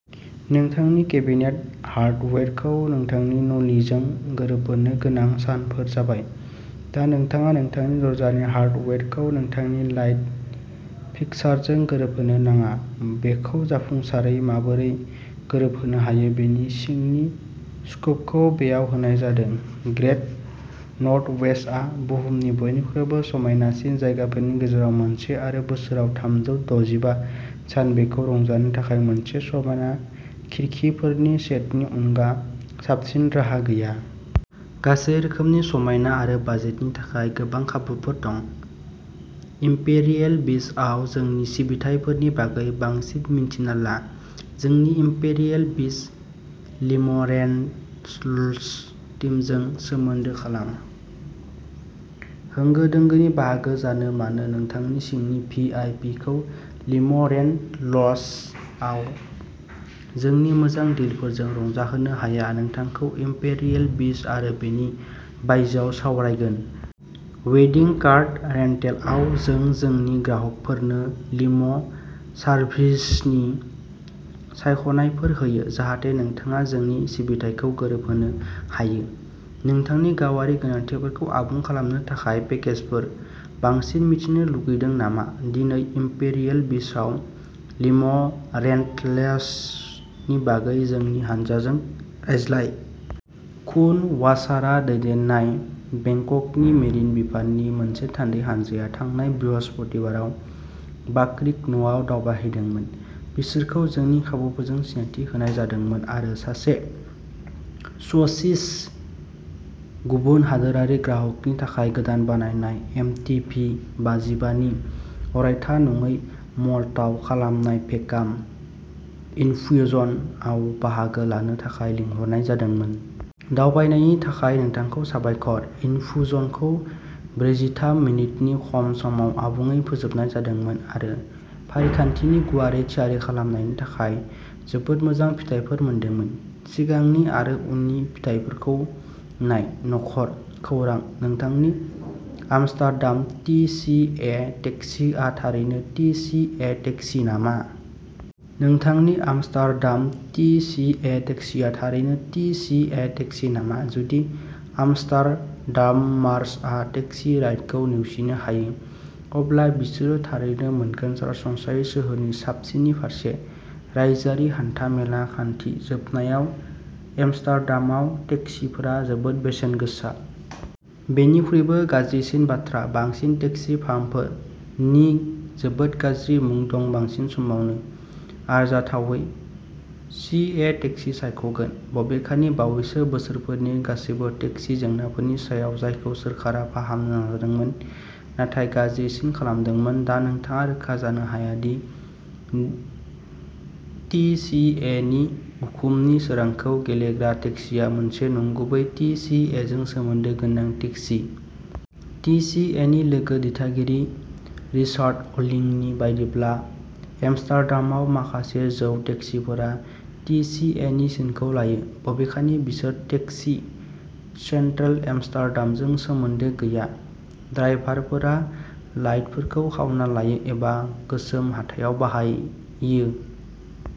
नोंथांनि केबिनेट हार्डवेरखौ नोंथांनि नलिजों गोरोबहोनो गोनां सानफोर जाबाय। दा नोंथाङा नोंथांनि दरजानि हार्डवेरखौ नोंथांनि लाइट फिक्सचारजों गोरोबहोनो नाङा। बेखौ जाफुंसारै माबोरै गोरोबहोनो हायो बेनि सिंनि स्कुपखौ बेयाव होनाय जादों। ग्रेट नर्थवेस्टआ बुहुमनि बयनिख्रुइबो समायनासिन जायगाफोरनि गेजेराव मोनसे आरो बोसोराव थामजौ दजिबा सान बेखौ रंजानो थाखाय मोनसे समायना खिरखिफोरनि सेटनि अनगा साबसिन राहा गैया। गासै रोखोमनि समायना आरो बाजेटनि थाखाय गोबां खाबुफोर दं। इम्पेरियेल बीचआव जोंनि सिबिथाइफोरनि बागै बांसिन मिन्थिना ला। जोंनि इम्पेरियेल बीच लिम'रेन्टल्स टीमजों सोमोन्दो खालाम। होंगो दोंगोनि बाहागो जानो मानो नोंथांनि सिंनि भि आइ पि खौ लिम'रेन्टल्सआव जोंनि मोजां डिलफोरजों रंजाहोनो हाया नोंथांखौ इम्पेरियेल बीच आरो बेनि बायजोआव सावरायगोन। वेडिं कार रेन्टेलआव जों जोंनि ग्राहकफोरनो लिम' सार्भिसनि सायख'नायफोर होयो, जाहाथे नोंथाङा जोंनि सिबिथाइखौ गोरोबहोनो हायो। नोंथांनि गावारि गोनांथिफोरखौ आबुं खालामनो थाखाय पेकेजफोर। बांसिन मिथिनो लुगैदों नामा? दिनै इम्पेरियेल बीचआव लिम'रेन्टेल्सनि बागै जोंनि हानजाजों रायज्लाय। खुन वाचारा दैदेननाय बेंककनि मेरिन बिफाननि मोनसे थान्दै हान्जाया थांनाय बृहस्पतिबाराव बाक्रिक न'आव दावबायहैदोंमोन। बिसोरखौ जोंनि खाबुफोरजों सिनायथि होनाय जादोंमोन आरो सासे सस्विस गुबुन हादोरारि ग्राहकनि थाखाय गोदान बानायनाय एम टि भि बाजिबा नि अरायथा नङै मल्डआव खालामनाय भेकाम इनफ्युजनआव बाहागो लानो थाखाय लिंहरनाय जादोंमोन। दावबायनायनि थाखाय नोंथांखौ साबायखर। इनफ्युजनखौ ब्रैजिथाम मिनिटनि खम समाव आबुङै फोजोबनाय जादोंमोन आरो फारिखान्थिनि गुवारै थियारि खालामनायनि थाखाय जोबोद मोजां फिथायफोर मोनदोंमोन। सिगांनि आरो उननि फिथायफोरखौ नाय। न'खर। खौरां। नोंथांनि आमस्टारडाम टि सि ए टेक्सीआ थारैनो टि सि ए टेक्सी नामा? नोंथांनि आमस्टारडाम टि सि ए टेक्सीआ थारैनो टि सि ए टेक्सी नामा? जुदि आमस्टारडामार्सआ टेक्सी राइडखौ नेवसिनो हायो, अब्ला बिसोरो थारैनो मोनगोन सरासनस्रायै सोहोरनि साबसिननि फारसे। रायजोआरि हान्था-मेला खान्थि। जोबनायाव, एम्स्टार्डामआव टेक्सिफोरा जोबोद बेसेन गोसा। बेनिख्रुइबो गाज्रिसिन बाथ्रा, बांसिन टेक्सि फार्मफोर नि जोबोद गाज्रि मुं दं बांसिन समावनो, आरजाथावै। सि ए टेक्सि सायख'गोन।। बबेखानि, बावैसो बोसोरफोरनि गासैबो टेक्सि जेंनाफोरनि सायाव जायखौ सोरखारा फाहामनो नाजादोंमोन नाथाय गाज्रिसिन खालामदोंमोन दा नोंथाङा रोखा जानो हाया डि टि सि ए नि उखुमनि सोरांखौ गेलेग्रा टेक्सिआ मोनसे नंगुबै टि सि ए जों सोमोन्दो गोनां टेक्सि। टि सि ए नि लोगो दिथागिरि रिचार्ड अलिंनि बायदिब्ला, एम्स्टार्डामाव माखासे जौ टेक्सिफोरा टि सि ए नि सिनखौ लायो, बबेखानि बिसोर टेक्सि सेन्ट्रेल एम्स्टार्डामजों सोमोन्दो गैया। ड्राइभारफोरा लाइटफोरखौ खावना लायो, एबा गोसोम हाथायाव बाइयो।